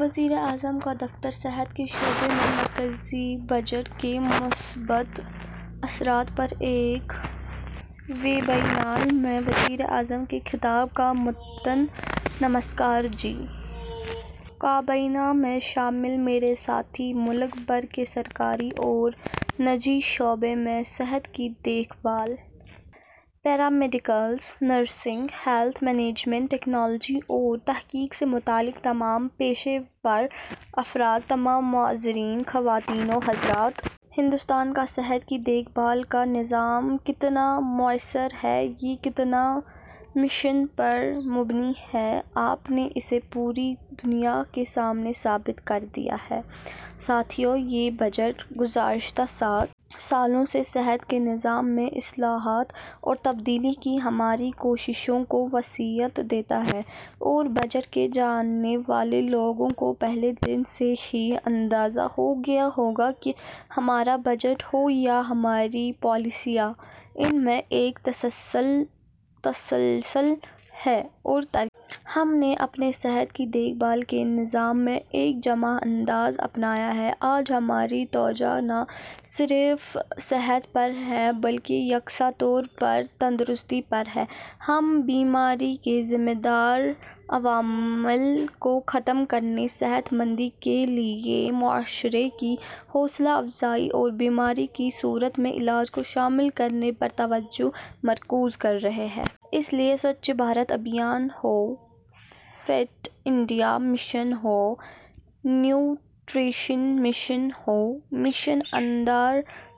وزیراعظم کا دفتر صحت کے شعبے میں مرکزی بجٹ کے مثبت اثرات پر ایک ویبینار میں وزیر اعظم کے خطاب کا متن نمسکار جی! کابینہ میں شامل میرے ساتھی، ملک بھر کے سرکاری اور نجی شعبے میں صحت کی دیکھ بھال، paramedics, nursing, health management, technology اور تحقیق سے متعلق تمام پیشہ ور افراد، تمام معززین، خواتین و حضرات! ہندوستان کا صحت کی دیکھ بھال کا نظام کتنا مؤثر ہے، یہ کتنا مشن پر مبنی ہے، آپ نے اسے پوری دنیا کے سامنے ثابت کر دیا ہے۔ ساتھیوں، یہ بجٹ گزشتہ سات سالوں سے صحت کے نظام میں اصلاحات اور تبدیلی کی ہماری کوششوں کو وسعت دیتا ہے اور بجٹ کے جاننے والے لوگوں کو پہلے دن سے ہی اندازہ ہو گیا ہوگا کہ ہمارا بجٹ ہو یا ہماری پالیسیاں، ان میں ایک تسلسل ہے اور ترقی ہے۔ ہم نے اپنے صحت کی دیکھ بھال کے نظام میں ایک جامع انداز اپنایا ہے۔ آج ہماری توجہ نہ صرف صحت پر ہے بلکہ یکساں طور پر تندرستی پر ہے۔ ہم بیماری کے ذمہ دار عوامل کو ختم کرنے، صحت مندی کے لیے معاشرے کی حوصلہ افزائی اور بیماری کی صورت میں علاج کو شامل کرنے پر توجہ مرکوز کر رہے ہیں۔ اس لیے سوچھ بھارت ابھیان ہو، فٹ انڈیا مشن ہو، نیوٹریشن مشن ہو، مشن اندرا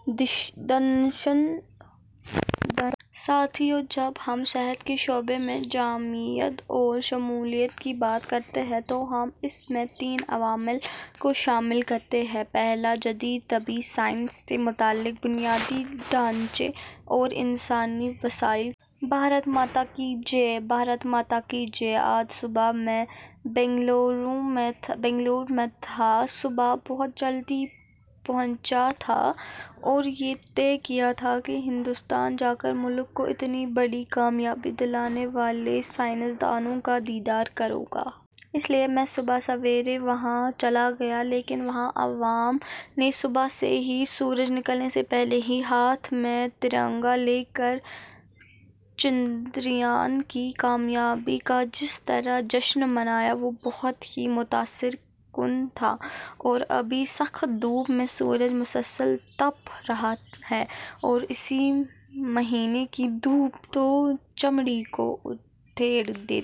دھنش ہو، آیوشمان بھارت ہو، جل جیون مشن ہو، ہمیں ایسے تمام اقدامات کو زیادہ سے زیادہ لوگوں تک پہنچانا ہے۔ ساتھیوں، جب ہم صحت کے شعبے میں جامعیت اور شمولیت کی بات کرتے ہیں تو ہم اس میں تین عوامل کو شامل کرتے ہیں۔ پہلا، جدید طبی سائنس سے متعلق بنیادی ڈھانچے اور انسانی وسائل کی توسیع۔ بھارت ماتا کی جے! بھارت ماتا کی جے! آج صبح میں بنگلورو میں تھا، صبح بہت جلدی پہنچا تھا اور یہ طے کیا تھا کہ ہندوستان جاکر ملک کو اتنی بڑی کامیابی دلانے والے سائنسدانوں کا دیدار کروں گا۔ اس لیے میں صبح سویرے وہاں چلا گیا، لیکن وہاں عوام نے صبح سے ہی، سورج نکلنے سے پہلے ہی ہاتھ میں ترنگا لے کر چندریان کی کامیابی کا جس طرح جشن منایا، وہ بہت ہی متاثر کن تھا اور ابھی سخت دھوپ میں سورج مسلسل تپ رہا ہے اور اس مہینے کی دھوپ تو چمڑی کو ادھیڑ دیتی ہے۔